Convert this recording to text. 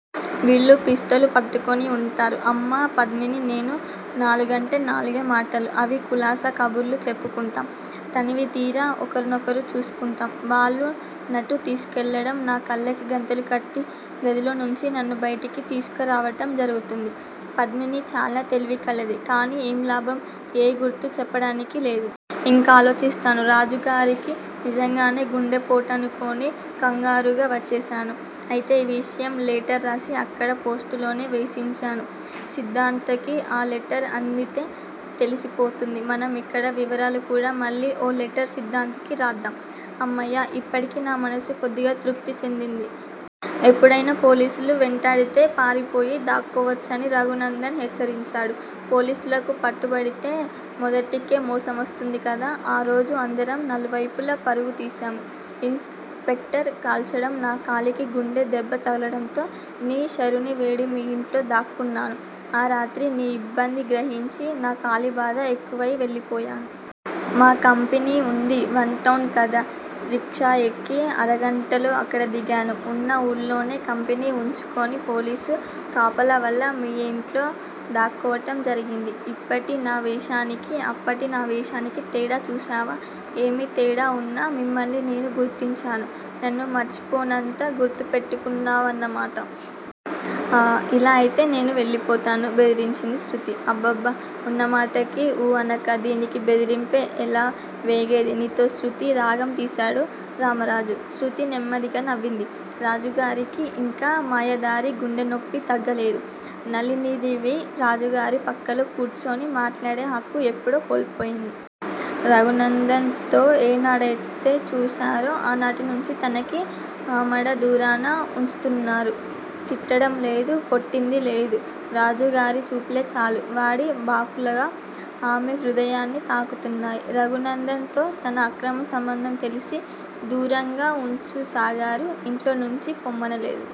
వీళ్ళు పిష్టలుపట్టుకునివుంటారు. అమ్మా, పద్మిని, నేను నాలుగంటే నాలుగే మాటలు-అవీ కులాసా కబుర్లు చెప్పుకుంటాం. తనివిదీరా ఒకరినొకరు చూసుకుంటాం వాళ్ళు నటు తీసుకెళ్ళడం, నా కళ్ళకి గంతలుకట్టి గదిలోంచి నన్ను బైటకి తీసుకరావడం జరుగుతుంది. పద్మిని చాల తెలివికలది. కానీ ఏం లాభం? ఏ గుర్తూ చెప్పడానికి లేదు. ఇంక ఆలోచిస్తాను. రాజుగారికి నిజంగానే గుండెపొటనుకొని కంగారుగా వచ్చేశాను. అయితే ఈ విషయం లెటర్ రాసి అక్కడ పోస్టులోనే వేసిఉచ్చాను. సిద్దార్థకి ఆ లెటరు అందితే తెలిసిపోతుంది. మనం ఇక్కడ వివరాలుకూడా మళ్ళీ ఓ లెటర్ సిద్దార్థకి రాద్దాం. అమ్మయ్య ఇప్పడికి నా మనసు కొద్దిగా తృప్తి చెందింది. ఎప్పుడైనా పోలీసులు వెంటాడితే పారిపోయి దాక్కోవచ్చని రఘునందన్ హెచ్చరించాడు. పోలీసులకు పట్టుబడితే మొదటికే మోసంవస్తుంది కదా. ఆ రోజు అందరం నలువైపులా పరుగు తీశాము. ఇన్ స్పెక్టర్ కాల్చడం, నా కాలికి గుండు దెబ్బ తగలడంతో నీ శరణి వేడి మీ యింట్లో దాక్కున్నాను. ఆ రాత్రి నీ ఇబ్బంది గ్రహించి, నా కాలిబాధ ఎక్కువయి వెళ్ళిపోయాను. మా కంపెనీ వుంది వన్ టౌనులోకదా! రిక్షాయెక్కి అరగంటలో అక్కడ దిగాను. ఉన్న ఊళ్ళోనే కంపెనీ వుంచుకొని పోలీసు కాపలావల్ల మీ ఇంట్లో దాక్కోవటం జరిగింది. ఇప్పటి నా వేషానికి, అప్పటి నా వేషానికి తేడా చూశావా! ఏమి తేడావున్నా మిమ్మల్ని నేను గుర్తించాను. నన్ను మర్చిపోనంత గుర్తుపెట్టుకున్నావన్నమాట! ఇలా అయితే నే వెళ్ళిపొతాను బెదిరించింది శృతి. అబ్బబ్బా ఉన్నమాటకి ఊ అనక, దీనికీ బెదిరింపే? ఎలా వేగేది నీతో శృతీ రాగం తీశాడు రామరాజు. శృతి నెమ్మదిగా నవ్వింది. రాజుగారికి ఇంకా మాయదారి గుండెనొప్పి తగ్గలేదు. నళినీదేవి రాజుగారి పక్కలో కూర్చొని మాట్లాడే హక్కు ఎప్పుడో కోల్పోయింది. రఘునందన్ తో ఏనాడయితే చూశారో ఆనాటినుంచీ తనకి ఆమడ దూరాన వుంచుతున్నారు. తిట్టడంలేదు. కొట్టింది లేదు. రాజాగారి చూపులే చాలు. వాడి బాకులుగా ఆమెహృదయాన్ని తాకుతున్నాయి. రఘునందన్ తో తన అక్రమ సంబంధం తెలిసి దూరంగా వుంచసాగారు ఇంట్లోంచి పొమ్మనలేదు.